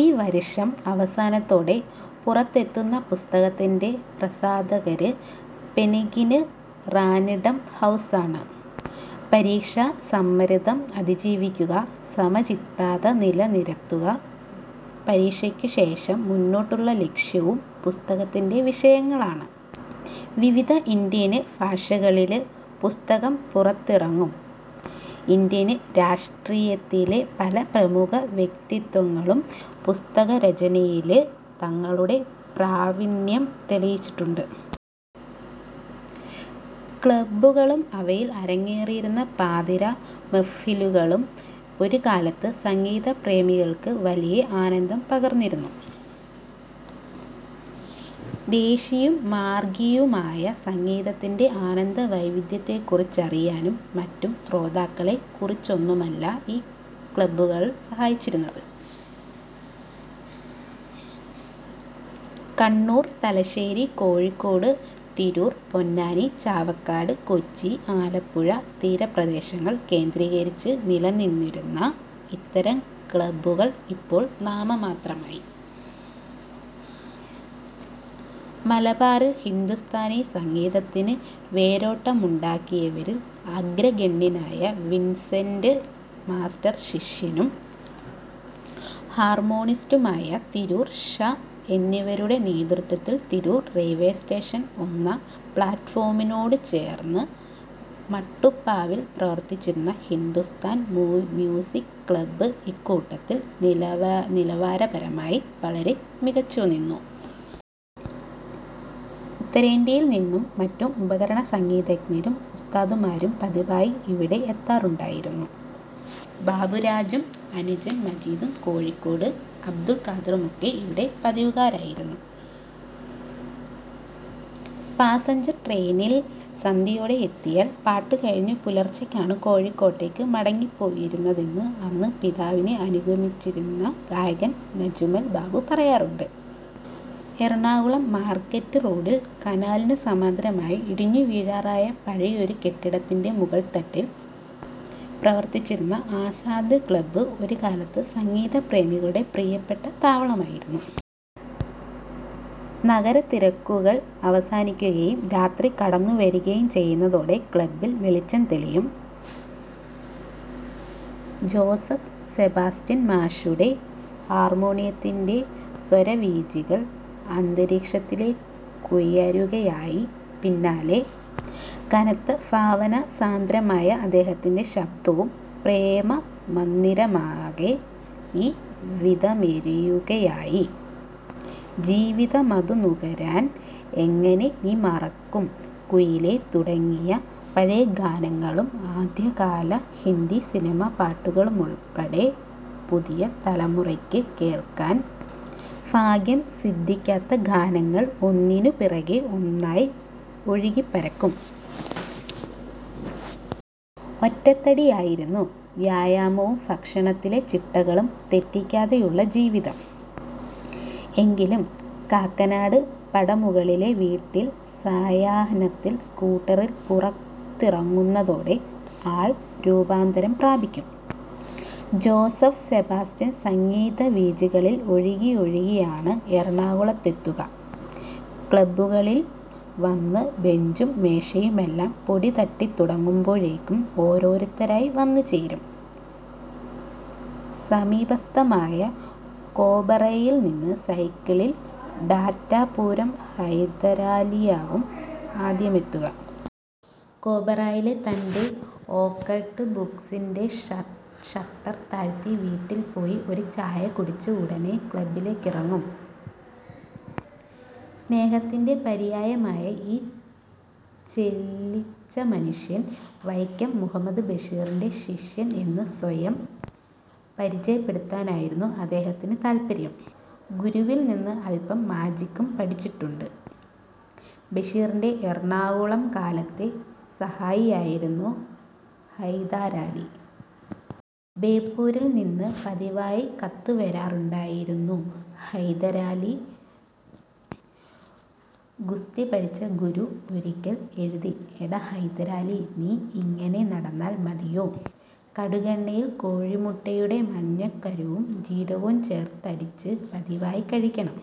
ഈ വര്ഷം അവസാനത്തോടെ പുറത്തെത്തുന്ന പുസ്തകത്തിന്റെ പ്രസാധകര് പെന്ഗ്വിന് റാന്ഡം ഹൗസാണ്. പരീക്ഷാ സമ്മര്ദം അതിജീവിക്കുക, സമചിത്തത നില നിര്ത്തുക, പരീക്ഷയ്ക്കു ശേഷം മുന്നോട്ടുള്ള ലക്ഷ്യവും പുസ്തകത്തിന്റെ വിഷയങ്ങളാണ്. വിവിധ ഇന്ത്യന് ഭാഷകളില് പുസ്തകം പുറത്തിറങ്ങും. ഇന്ത്യന് രാഷ്ട്രീയത്തിലെ പല പ്രമുഖ വ്യക്തിത്വങ്ങളും പുസ്തകരചനയില് തങ്ങളുടെ പ്രാവീണ്യം തെളിയിച്ചിട്ടുണ്ട്. ക്ളബ്ബുകളും അവയിൽ അരങ്ങേറിയിരുന്ന പാതിരാ മെഹ്ഫിലുകളും ഒരുകാലത്ത് സംഗീതപ്രേമികൾക്ക് വലിയ ആനന്ദം പകർന്നിരുന്നു. ദേശിയും മാർഗിയുമായ സംഗീതത്തിന്റെ അനന്തവൈവിധ്യത്തെക്കുറിച്ചറിയാനുംമറ്റും ശ്രോതാക്കളെ കുറച്ചൊന്നുമല്ല ഈ ക്ളബ്ബുകൾ സഹായിച്ചിരുന്നത്. കണ്ണൂർ, തലശ്ശേരി, കോഴിക്കോട്, തിരൂർ, പൊന്നാനി, ചാവക്കാട്, കൊച്ചി, ആലപ്പുഴ തീരപ്രദേശങ്ങൾ കേന്ദ്രീകരിച്ച് നിലനിന്നിരുന്ന ഇത്തരം ക്ളബ്ബുകൾ ഇപ്പോൾ നാമമാത്രമായി. മലബാറിൽ ഹിന്ദുസ്ഥാനി സംഗീതത്തിന് വേരോട്ടമുണ്ടാക്കിയവരിൽ അഗ്രഗണ്യനായ വിൻസെന്റ് മാസ്റ്റർ, ശിഷ്യനും ഹാർമോണിസ്റ്റുമായ തിരൂർ ഷാ എന്നിവരുടെ നേതൃത്വത്തിൽ തിരൂർ റെയിൽവേസ്റ്റേഷൻ ഒന്നാം പ്ളാറ്റ്ഫോമിനോടുചേർന്ന് മട്ടുപ്പാവിൽ പ്രവർത്തിച്ചിരുന്ന ഹിന്ദുസ്ഥാൻ മ്യൂസിക് ക്ളബ്ബ് ഇക്കൂട്ടത്തിൽ നിലവാരപരമായി വളരെ മികച്ചുനിന്നു. ഉത്തരേന്ത്യയിൽനിന്നുംമറ്റും ഉപകരണസംഗീതജ്ഞരും ഉസ്താദുമാരും പതിവായി ഇവിടെ എത്താറുണ്ടായിരുന്നു. ബാബുരാജും അനുജൻ മജീദും കോഴിക്കോട് അബ്ദുൽഖാദറുമൊക്കെ ഇവിടെ പതിവുകാരായിരുന്നു. പാസഞ്ചർ ട്രെയിനിൽ സന്ധ്യയോടെ എത്തിയാൽ പാട്ടുകഴിഞ്ഞ് പുലർച്ചയ്ക്കാണ് കോഴിക്കോട്ടേക്ക് മടങ്ങിപ്പോയിരുന്നതെന്ന് അന്ന് പിതാവിനെ അനുഗമിച്ചിരുന്ന ഗായകൻ നജ്മൽ ബാബു പറയാറുണ്ട്. എറണാകുളം മാർക്കറ്റ് റോഡിൽ കനാലിനുസമാന്തരമായി ഇടിഞ്ഞുവീഴാറായ പഴയൊരു കെട്ടിടത്തിന്റെ മുകൾത്തട്ടിൽ പ്രവർത്തിച്ചിരുന്ന ആസാദ് ക്ളബ്ബ് ഒരു കാലത്ത് സംഗീതപ്രേമികളുടെ പ്രിയപ്പെട്ട താവളമായിരുന്നു. നഗരത്തിരക്കുകൾ അവസാനിക്കുകയും രാത്രി കടന്നുവരികയും ചെയ്യുന്നതോടെ ക്ളബ്ബിൽ വെളിച്ചം തെളിയും. ജോസഫ് സെബാസ്റ്റ്യൻ മാഷുടെ ഹാർമോണിയത്തിന്റെ സ്വരവീചികൾ അന്തരീക്ഷത്തിലേക്കുയരുകയായി.… പിന്നാലെ കനത്ത, ഭാവസാന്ദ്രമായ അദ്ദേഹത്തിന്റെ ശബ്ദവും. പ്രേമമന്ദിരമാകെ ഈവിധമെരിയുകയായ്, ജീവിതമധു നുകരാൻ, എങ്ങനെ നീ മറക്കും കുയിലേ തുടങ്ങിയ പഴയഗാനങ്ങളും ആദ്യകാല ഹിന്ദി സിനിമാപ്പാട്ടുകളുമുൾപ്പടെ പുതിയ തലമുറയ്ക്ക് കേൾക്കാൻ ഭാഗ്യംസിദ്ധിക്കാത്ത ഗാനങ്ങൾ ഒന്നിനുപിറകേ ഒന്നായി ഒഴുകിപ്പരക്കും. ഒറ്റത്തടിയായിരുന്നു. വ്യായാമവും ഭക്ഷണത്തിലെ ചിട്ടകളും തെറ്റിക്കാതെയുള്ള ജീവിതം. എങ്കിലും കാക്കനാട് പടമുകളിലെ വീട്ടിൽനിന്ന് സായാഹ്നത്തിൽ സ്കൂട്ടറിൽ പുറത്തിറങ്ങുന്നതോടെ ആൾ രൂപാന്തരം പ്രാപിക്കും. Joseph Sebastian സംഗീതവീചികളിൽ ഒഴുകിയൊഴുകിയാണ് എറണാകുളത്തെത്തുക. ക്ളബ്ബിൽ വന്ന് ബെഞ്ചും മേശയുമെല്ലാം പൊടിതട്ടിത്തുടങ്ങുമ്പോഴേക്കും ഓരോരുത്തരായി വന്നുചേരും. സമീപസ്ഥമായ കോമ്പാറയിൽനിന്ന് സൈക്കിളിൽ ടാറ്റാപുരം ഹൈദരലിയാവും ആദ്യമെത്തുക. കോമ്പാറയിലെ തന്റെ ഒക്കൾട്ട് ബുക്സിന്റെ ഷട്ടർ താഴ്ത്തി വീട്ടിൽ പോയി ഒരു ചായകുടിച്ച് ഉടനെ ക്ളബ്ബിലേക്കിറങ്ങും സ്നേഹത്തിന്റെ പര്യായമായ ഈ ചെല്ലിച്ച മനുഷ്യൻ. വൈക്കം മുഹമ്മദ് ബഷീറിന്റെ ശിഷ്യൻ എന്ന് സ്വയം പരിചയപ്പെടുത്താനായിരുന്നു അദ്ദേഹത്തിന് താത്പര്യം. ഗുരുവിൽനിന്ന് അൽപം മാജിക്കും പഠിച്ചിട്ടുണ്ട്. ബഷീറിന്റെ എറണാകുളംകാലത്തെ സഹായിയായിരുന്നു ഹൈദരാലി. ബേപ്പൂരിൽനിന്ന് പതിവായി കത്തുവരാറുണ്ടായിരുന്നു ഹൈദരാലിക്ക്. ഗുസ്തിപഠിച്ച ഗുരു ഒരിക്കൽ എഴുതി'എടാ ഹൈദരാലി, നീ ഇങ്ങനെ നടന്നാൽ മതിയോ. കടുകെണ്ണയിൽ കോഴിമുട്ടയുടെ മഞ്ഞക്കരുവും ജീരകവും ചേർത്തടിച്ച് പതിവായി കഴിക്കണം.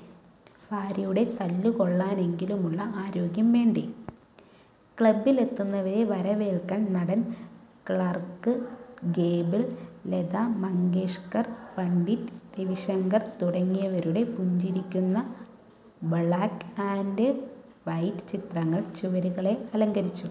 ഭാര്യയുടെ തല്ലുകൊള്ളാനെങ്കിലുമുള്ള ആരോഗ്യം വേണ്ടേ. 'ക്ളബ്ബിലെത്തുന്നവരെ വരവേൽക്കാൻ നടൻ ക്ളാർക് ഗേബിൾ, ലതാ മങ്കേഷ്കർ, പണ്ഡിറ്റ് രവിശങ്കർ തുടങ്ങിയവരുടെ പുഞ്ചിരിക്കുന്ന ബ്ളാക്ക് ആൻഡ് വൈറ്റ് ചിത്രങ്ങൾ ചുവരുകളെ അലങ്കരിച്ചു.